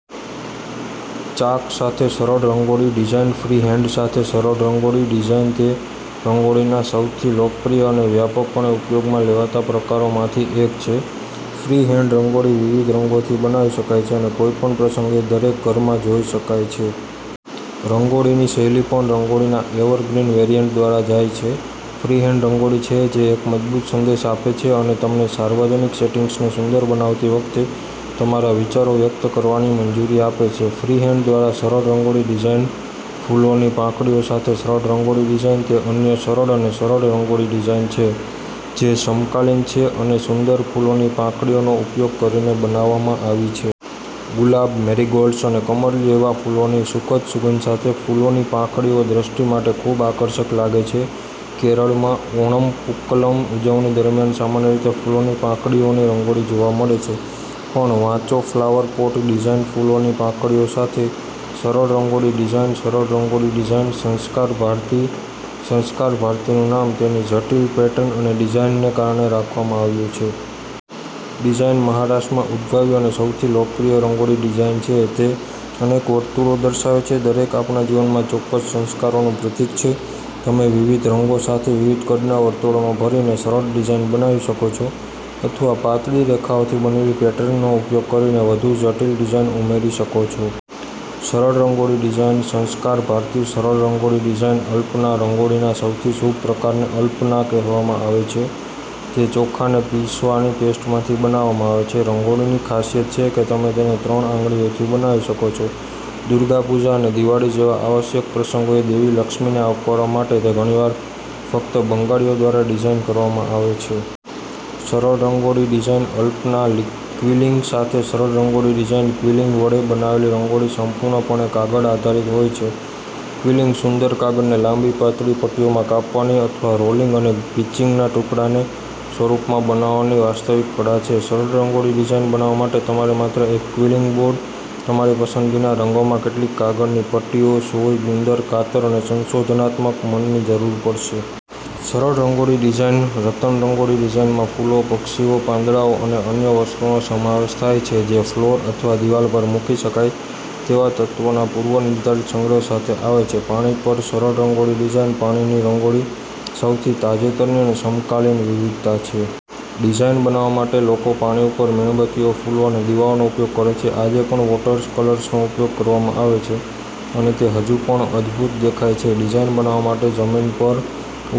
ચાક સાથે સરળ રંગોળી ડિઝાઇનફ્રીહેન્ડ સાથે સરળ રંગોળી ડિઝાઇન તે રંગોળીના સૌથી લોકપ્રિય અને વ્યાપકપણે ઉપયોગમાં લેવાતા પ્રકારોમાંથી એક છે. ફ્રીહેન્ડ રંગોળી વિવિધ રંગોથી બનાવી શકાય છે અને કોઈપણ પ્રસંગે દરેક ઘરમાં જોઈ શકાય છે. રંગોળીની શૈલી પણ 'રંગોલીના એવરગ્રીન વેરિઅન્ટ' દ્વારા જાય છે. ફ્રીહેન્ડરંગોળી છે જે એક મજબૂત સંદેશ આપે છે અને તમને સાર્વજનિક સેટિંગ્સને સુંદર બનાવતી વખતે તમારા વિચારો વ્યક્ત કરવાની મંજૂરી આપે છે. ફ્રીહેન્ડ દ્વારા સરળ રંગોળી ડિઝાઇનફૂલોની પાંખડીઓ સાથે સરળ રંગોળી ડિઝાઇન તે અન્ય સરળ અને સરળ રંગોળી ડિઝાઇન છે, જે સમકાલીન છે અને સુંદર ફૂલોની પાંખડીઓનો ઉપયોગ કરીને બનાવવામાં આવી છે. ગુલાબ, મેરીગોલ્ડ્સ અને કમળ જેવા ફૂલોની સુખદ સુગંધ સાથે ફૂલોની પાંખડીઓ દૃષ્ટિ માટે ખૂબઆકર્ષક લાગે છે. કેરળમાં ઓણમ પૂકલમ ઉજવણી દરમિયાન સામાન્ય રીતે ફૂલોની પાંખડીઓની રંગોળી જોવા મળે છે. પણ વાંચોફ્લાવર પોટ ડિઝાઇન ફૂલોની પાંખડીઓ સાથે સરળ રંગોળી ડિઝાઇનસરળ રંગોળી ડિઝાઇનસંસ્કાર ભારતી સંસ્કાર ભારતીનું નામ તેની જટિલ પેટર્ન અને ડિઝાઇનને કારણે રાખવામાં આવ્યું છે. ડિઝાઈન મહારાષ્ટ્રમાં ઉદ્ભવી અને સૌથી લોકપ્રિય રંગોળી ડિઝાઈન છે. તે અનેક વર્તુળો દર્શાવે છે, દરેક આપણા જીવનમાં ચોક્કસ સંસ્કારનું પ્રતીક છે. તમે વિવિધ રંગો સાથે વિવિધ કદના વર્તુળોમાં ભરીને સરળ ડિઝાઇન બનાવી શકો છો અથવા પાતળી રેખાઓથી બનેલી પેટર્નનો ઉપયોગ કરીને વધુ જટિલ ડિઝાઇન ઉમેરી શકો છો. સરળ રંગોળી ડિઝાઇનસંસ્કાર ભારતીસરળ રંગોળી ડિઝાઇનઅલ્પના રંગોળીના સૌથી શુભ પ્રકારને અલ્પના કહેવામાં આવે છે, જે ચોખાને પીસવાની પેસ્ટમાંથી બનાવવામાં આવે છે. રંગોળીની ખાસિયતછે કે તમે તેને ત્રણ આંગળીઓથી બનાવી શકો છો. દુર્ગા પૂજા અને દિવાળી જેવા આવશ્યક પ્રસંગોએ દેવી લક્ષ્મીને આવકારવા માટે તે ઘણીવાર ફક્ત બંગાળીઓ દ્વારાડિઝાઇન કરવામાં આવે છે. સરળ રંગોળી ડિઝાઇનઅલ્પનાક્વિલિંગ સાથે સરળ રંગોળી ડિઝાઇન ક્વિલિંગ વડે બનાવેલી રંગોળી સંપૂર્ણપણે કાગળ આધારિત હોય છે. ક્વિલિંગસુંદર કાગળને લાંબી, પાતળી પટ્ટીઓમાં કાપવાની અથવા રોલિંગ અને પિન્ચિંગના ટુકડાને સ્વરૂપમાં બનાવવાની વાસ્તવિક કળા છે. સરળ રંગોળી ડિઝાઇન બનાવવા માટે તમારે માત્ર એક ક્વિલિંગ બોર્ડ, તમારી પસંદગીના રંગોમાં કેટલીક કાગળની પટ્ટીઓ, સોય, ગુંદર, કાતર અને સંશોધનાત્મક મનની જરૂર પડશે. સરળ રંગોળી ડિઝાઇનરતનરંગોળી ડિઝાઇનમાં ફૂલો, પક્ષીઓ, પાંદડાઓ અને અન્ય વસ્તુઓનો સમાવેશ થાય છે જે ફ્લોર અથવા દિવાલ પર મૂકી શકાય તેવા તત્વોના પૂર્વનિર્ધારિત સંગ્રહ સાથે આવે છે. પાણી પર સરળ રંગોળી ડિઝાઇન પાણીની રંગોળીસૌથી તાજેતરની અને સમકાલીન વિવિધતા છે. ડિઝાઈન બનાવવા માટે લોકો પાણી પર મીણબત્તીઓ, ફૂલો અને દીવાઓનો ઉપયોગ કરે છે. આજે પણ વોટરકલર્સનો ઉપયોગ કરવામાં આવે છે, અને તે હજુ પણ અદભૂત દેખાય છે. ડિઝાઈન બનાવવા માટે જમીન પર ઉપયોગમાં